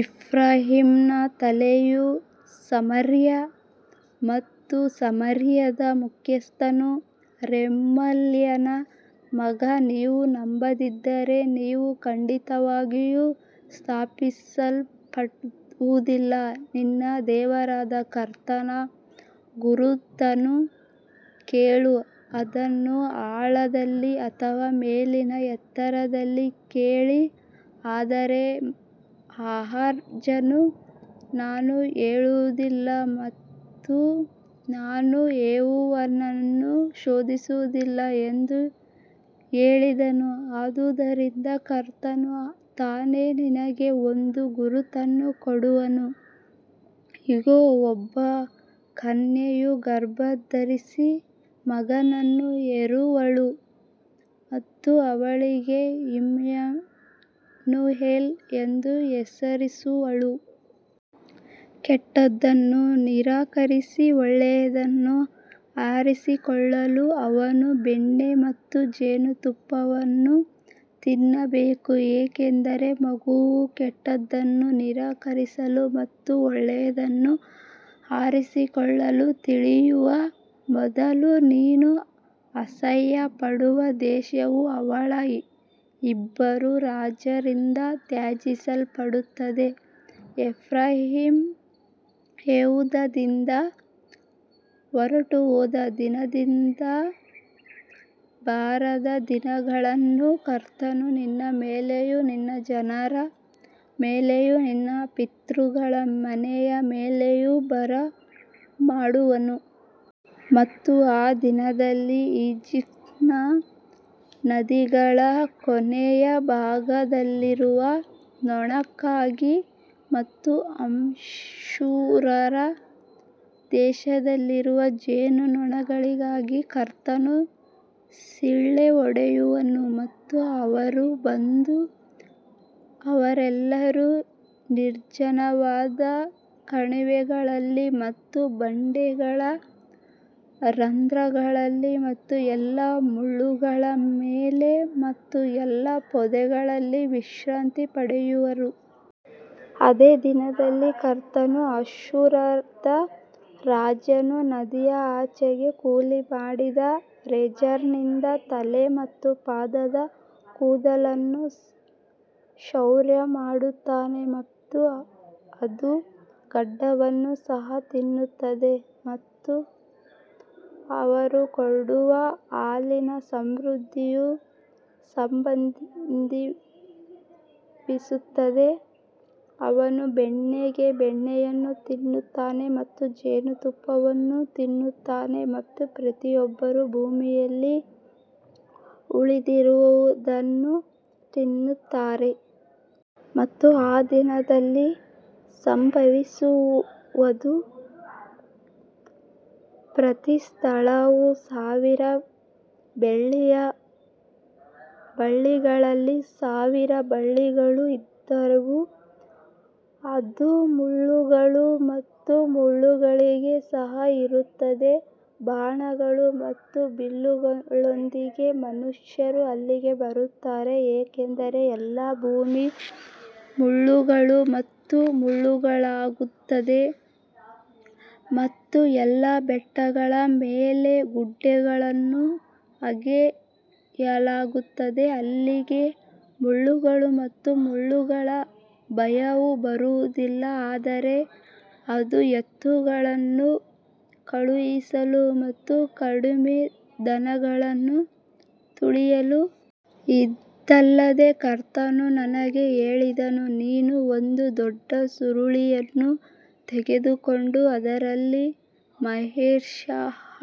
ಎಫ್ರಾಯೀಮನ ತಲೆಯು ಸಮಾರ್ಯ ಮತ್ತು ಸಮಾರ್ಯದ ಮುಖ್ಯಸ್ಥನು ರೆಮಲ್ಯನ ಮಗ, ನೀವು ನಂಬದಿದ್ದರೆ ನೀವು ಖಂಡಿತವಾಗಿಯೂ ಸ್ಥಾಪಿಸಲ್ಪಡುವುದಿಲ್ಲ. ನಿನ್ನ ದೇವರಾದ ಕರ್ತನ ಗುರುತನ್ನು ಕೇಳು, ಅದನ್ನು ಆಳದಲ್ಲಿ ಅಥವಾ ಮೇಲಿನ ಎತ್ತರದಲ್ಲಿ ಕೇಳಿ ಆದರೆ ಆಹಾಜನು ನಾನು ಕೇಳುವುದಿಲ್ಲ ಮತ್ತು ನಾನು ಯೆಹೋವನನ್ನು ಶೋಧಿಸುವುದಿಲ್ಲ ಎಂದು ಹೇಳಿದನು ಆದುದರಿಂದ ಕರ್ತನು ತಾನೇ ನಿನಗೆ ಒಂದು ಗುರುತನ್ನು ಕೊಡುವನು, ಇಗೋ, ಒಬ್ಬ ಕನ್ಯೆಯು ಗರ್ಭಧರಿಸಿ ಮಗನನ್ನು ಹೆರುವಳು ಮತ್ತು ಅವನಿಗೆ ಇಮ್ಯಾನುಯೆಲ್ ಎಂದು ಹೆಸರಿಸುವಳು. ಕೆಟ್ಟದ್ದನ್ನು ನಿರಾಕರಿಸಿ ಒಳ್ಳೆಯದನ್ನು ಆರಿಸಿಕೊಳ್ಳಲು ಅವನು ಬೆಣ್ಣೆ ಮತ್ತು ಜೇನುತುಪ್ಪವನ್ನು ತಿನ್ನಬೇಕು ಯಾಕಂದರೆ ಮಗುವು ಕೆಟ್ಟದ್ದನ್ನು ನಿರಾಕರಿಸಲು ಮತ್ತು ಒಳ್ಳೆಯದನ್ನು ಆರಿಸಿಕೊಳ್ಳಲು ತಿಳಿಯುವ ಮೊದಲು ನೀನು ಅಸಹ್ಯಪಡುವ ದೇಶವು ಅವಳ ಇಬ್ಬರೂ ರಾಜರಿಂದ ತ್ಯಜಿಸಲ್ಪಡುತ್ತದೆ. ಎಫ್ರಾಯೀಮ್ ಯೆಹೂದದಿಂದ ಹೊರಟುಹೋದ ದಿನದಿಂದ ಬರದ ದಿನಗಳನ್ನು ಕರ್ತನು ನಿನ್ನ ಮೇಲೆಯೂ ನಿನ್ನ ಜನರ ಮೇಲೆಯೂ ನಿನ್ನ ಪಿತೃಗಳ ಮನೆಯ ಮೇಲೆಯೂ ಬರಮಾಡುವನು. ಮತ್ತು ಆ ದಿನದಲ್ಲಿ ಈಜಿಪ್ಟಿನ ನದಿಗಳ ಕೊನೆಯ ಭಾಗದಲ್ಲಿರುವ ನೊಣಕ್ಕಾಗಿ ಮತ್ತು ಅಶ್ಶೂರದ ದೇಶದಲ್ಲಿರುವ ಜೇನುನೊಣಗಳಿಗಾಗಿ ಕರ್ತನು ಸಿಳ್ಳೆ ಹೊಡೆಯುವನು. ಮತ್ತು ಅವರು ಬಂದು ಅವರೆಲ್ಲರೂ ನಿರ್ಜನವಾದ ಕಣಿವೆಗಳಲ್ಲಿ ಮತ್ತು ಬಂಡೆಗಳ ರಂಧ್ರಗಳಲ್ಲಿ ಮತ್ತು ಎಲ್ಲಾ ಮುಳ್ಳುಗಳ ಮೇಲೆ ಮತ್ತು ಎಲ್ಲಾ ಪೊದೆಗಳಲ್ಲಿ ವಿಶ್ರಾಂತಿ ಪಡೆಯುವರು. ಅದೇ ದಿನದಲ್ಲಿ ಕರ್ತನು ಅಶ್ಶೂರದ ರಾಜನು ನದಿಯ ಆಚೆಗೆ ಕೂಲಿಮಾಡಿದ ರೇಜರ್ನಿಂದ ತಲೆ ಮತ್ತು ಪಾದದ ಕೂದಲನ್ನು ಕ್ಷೌರ ಮಾಡುತ್ತಾನೆ ಮತ್ತು ಅದು ಗಡ್ಡವನ್ನು ಸಹ ತಿನ್ನುತ್ತದೆ. ಮತ್ತು ಅವರು ಕೊಡುವ ಹಾಲಿನ ಸಮೃದ್ಧಿಯು ಸಂಭವಿಸುತ್ತದೆ, ಅವನು ಬೆಣ್ಣೆಗೆ ಬೆಣ್ಣೆಯನ್ನು ತಿನ್ನುತ್ತಾನೆ ಮತ್ತು ಜೇನುತುಪ್ಪವನ್ನು ತಿನ್ನುತ್ತಾನೆ ಮತ್ತು ಪ್ರತಿಯೊಬ್ಬರೂ ಭೂಮಿಯಲ್ಲಿ ಉಳಿದಿರುವದನ್ನು ತಿನ್ನುತ್ತಾರೆ. ಮತ್ತು ಆ ದಿನದಲ್ಲಿ ಸಂಭವಿಸುವದು, ಪ್ರತಿ ಸ್ಥಳವು ಸಾವಿರ ಬೆಳ್ಳಿಯ ಬಳ್ಳಿಗಳಲ್ಲಿ ಸಾವಿರ ಬಳ್ಳಿಗಳು ಇದ್ದವು, ಅದು ಮುಳ್ಳುಗಳು ಮತ್ತು ಮುಳ್ಳುಗಳಿಗೆ ಸಹ ಇರುತ್ತದೆ. ಬಾಣಗಳು ಮತ್ತು ಬಿಲ್ಲುಗಳೊಂದಿಗೆ ಮನುಷ್ಯರು ಅಲ್ಲಿಗೆ ಬರುತ್ತಾರೆ ಏಕೆಂದರೆ ಎಲ್ಲಾ ಭೂಮಿ ಮುಳ್ಳುಗಳು ಮತ್ತು ಮುಳ್ಳುಗಳಾಗುತ್ತದೆ ಮತ್ತು ಎಲ್ಲಾ ಬೆಟ್ಟಗಳ ಮೇಲೆ ಗುಡ್ಡೆಗಳನ್ನು ಅಗೆಯಲಾಗುತ್ತದೆ, ಅಲ್ಲಿಗೆ ಮುಳ್ಳುಗಳು ಮತ್ತು ಮುಳ್ಳುಗಳ ಭಯವು ಬರುವುದಿಲ್ಲ, ಆದರೆ ಅದು ಎತ್ತುಗಳನ್ನು ಕಳುಹಿಸಲು ಮತ್ತು ಕಡಿಮೆ ದನಗಳನ್ನು ತುಳಿಯಲು. ಇದಲ್ಲದೆ ಕರ್ತನು ನನಗೆ ಹೇಳಿದನು, ನೀನು ಒಂದು ದೊಡ್ಡ ಸುರುಳಿಯನ್ನು ತೆಗೆದುಕೊಂಡು ಅದರಲ್ಲಿ ಮಹೇರ್ಶಾಲಾಲ್ಹಾಷ್ಬಾಜ್ನ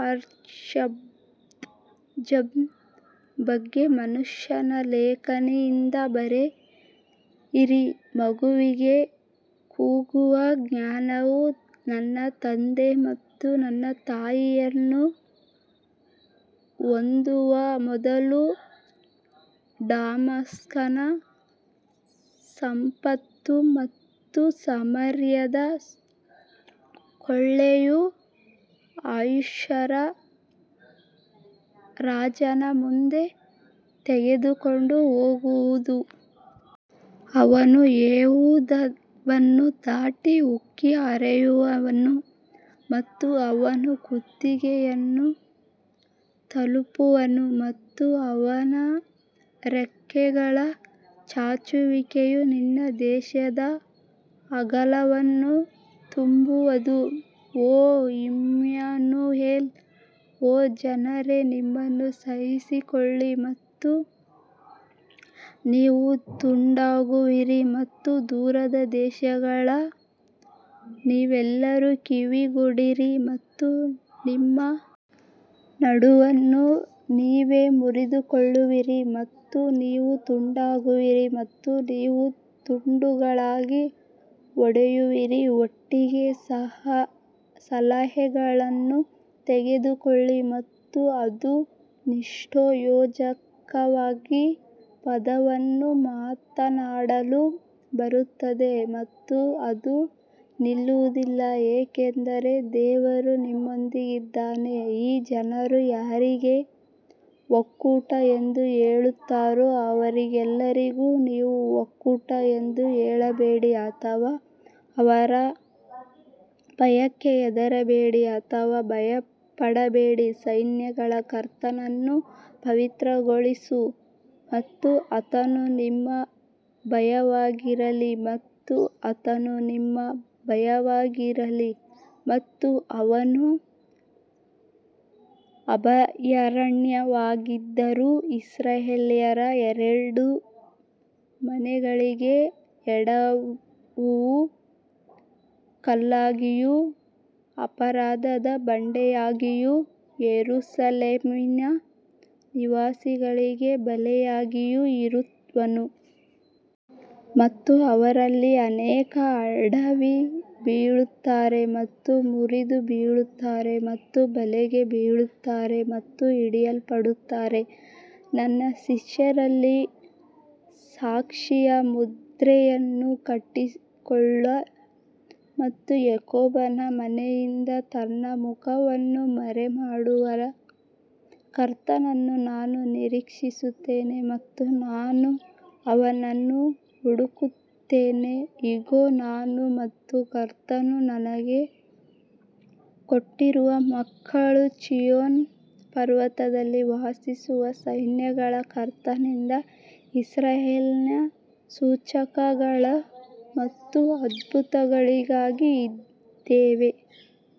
ಬಗ್ಗೆ ಮನುಷ್ಯನ ಲೇಖನಿಯಿಂದ ಬರೆಯಿರಿ. ಮಗುವಿಗೆ ಕೂಗುವ ಜ್ಞಾನವು ನನ್ನ ತಂದೆ ಮತ್ತು ನನ್ನ ತಾಯಿಯನ್ನು ಹೊಂದುವ ಮೊದಲು ಡಮಾಸ್ಕಸ್ನ ಸಂಪತ್ತು ಮತ್ತು ಸಮಾರ್ಯದ ಕೊಳ್ಳೆಯು ಅಶ್ಶೂರದ ರಾಜನ ಮುಂದೆ ತೆಗೆದುಕೊಂಡು ಹೋಗುವುದು. ಅವನು ಯೆಹೂದವನ್ನು ದಾಟಿ ಉಕ್ಕಿ ಹರಿಯುವನು ಮತ್ತು ಅವನು ಕುತ್ತಿಗೆಯನ್ನು ತಲುಪುವನು ಮತ್ತು ಅವನ ರೆಕ್ಕೆಗಳ ಚಾಚುವಿಕೆಯು ನಿನ್ನ ದೇಶದ ಅಗಲವನ್ನು ತುಂಬುವದು ಓ ಇಮ್ಯಾನುಯೆಲ್ ಓ ಜನರೇ ನಿಮ್ಮನ್ನು ಸಹಿಸಿಕೊಳ್ಳಿ ಮತ್ತು ನೀವು ತುಂಡಾಗುವಿರಿ ಮತ್ತು ದೂರದ ದೇಶಗಳ ನೀವೆಲ್ಲರೂ ಕಿವಿಗೊಡಿರಿ ಮತ್ತು ನಿಮ್ಮ ನಡುವನ್ನು ನೀವೇ ಮುರಿದುಕೊಳ್ಳುವಿರಿ ಮತ್ತು ನೀವು ತುಂಡಾಗುವಿರಿ ಮತ್ತು ನೀವು ತುಂಡುಗಳಾಗಿ ಒಡೆಯುವಿರಿ ಒಟ್ಟಿಗೆ ಸಲಹೆಯನ್ನು ತೆಗೆದುಕೊಳ್ಳಿ ಮತ್ತು ಅದು ನಿಷ್ಪ್ರಯೋಜಕವಾಗಿ ಪದವನ್ನು ಮಾತನಾಡಲು ಬರುತ್ತದೆ ಮತ್ತು ಅದು ನಿಲ್ಲುವುದಿಲ್ಲ ಏಕೆಂದರೆ ದೇವರು ನಮ್ಮೊಂದಿಗಿದ್ದಾನೆ ಈ ಜನರು ಯಾರಿಗೆ ಒಕ್ಕೂಟ ಎಂದು ಹೇಳುತ್ತಾರೋ ಅವರೆಲ್ಲರಿಗೂ ನೀವು ಒಕ್ಕೂಟ ಎಂದು ಹೇಳಬೇಡಿ ಅಥವಾ ಅವರ ಭಯಕ್ಕೆ ಹೆದರಬೇಡಿ ಅಥವಾ ಭಯಪಡಬೇಡಿ ಸೈನ್ಯಗಳ ಕರ್ತನನ್ನು ಪವಿತ್ರಗೊಳಿಸು ಮತ್ತು ಆತನು ನಿಮ್ಮ ಭಯವಾಗಿರಲಿ ಮತ್ತು ಆತನು ನಿಮ್ಮ ಭಯವಾಗಿರಲಿ ಮತ್ತು ಅವನು ಅಭಯಾರಣ್ಯವಾಗಿದ್ದರೂ ಇಸ್ರಾಯೇಲ್ಯರ ಎರಡೂ ಮನೆಗಳಿಗೆ ಎಡವುವ ಕಲ್ಲಾಗಿಯೂ ಅಪರಾಧದ ಬಂಡೆಯಾಗಿಯೂ ಯೆರೂಸಲೇಮಿನ ನಿವಾಸಿಗಳಿಗೆ ಬಲೆಯಾಗಿಯೂ ಇರುವನು. ಮತ್ತು ಅವರಲ್ಲಿ ಅನೇಕರು ಎಡವಿ ಬೀಳುತ್ತಾರೆ ಮತ್ತು ಮುರಿದು ಬೀಳುತ್ತಾರೆ ಮತ್ತು ಬಲೆಗೆ ಬೀಳುತ್ತಾರೆ ಮತ್ತು ಹಿಡಿಯಲ್ಪಡುತ್ತಾರೆ ನನ್ನ ಶಿಷ್ಯರಲ್ಲಿ ಸಾಕ್ಷಿಯ ಮುದ್ರೆಯನ್ನು ಕಟ್ಟಿಕೊಳ್ಳಿ ಮತ್ತು ಯಾಕೋಬನ ಮನೆಯಿಂದ ತನ್ನ ಮುಖವನ್ನು ಮರೆಮಾಡುವ ಕರ್ತನನ್ನು ನಾನು ನಿರೀಕ್ಷಿಸುತ್ತೇನೆ ಮತ್ತು ನಾನು ಅವನನ್ನು ಹುಡುಕುತ್ತೇನೆ. ಇಗೋ, ನಾನು ಮತ್ತು ಕರ್ತನು ನನಗೆ ಕೊಟ್ಟಿರುವ ಮಕ್ಕಳು ಚೀಯೋನ್ ಪರ್ವತದಲ್ಲಿ ವಾಸಿಸುವ ಸೈನ್ಯಗಳ ಕರ್ತನಿಂದ ಇಸ್ರಾಯೇಲಿನಲ್ಲಿ ಸೂಚಕಗಳು ಮತ್ತು ಅದ್ಭುತಗಳಿಗಾಗಿ ಇದ್ದೇವೆ.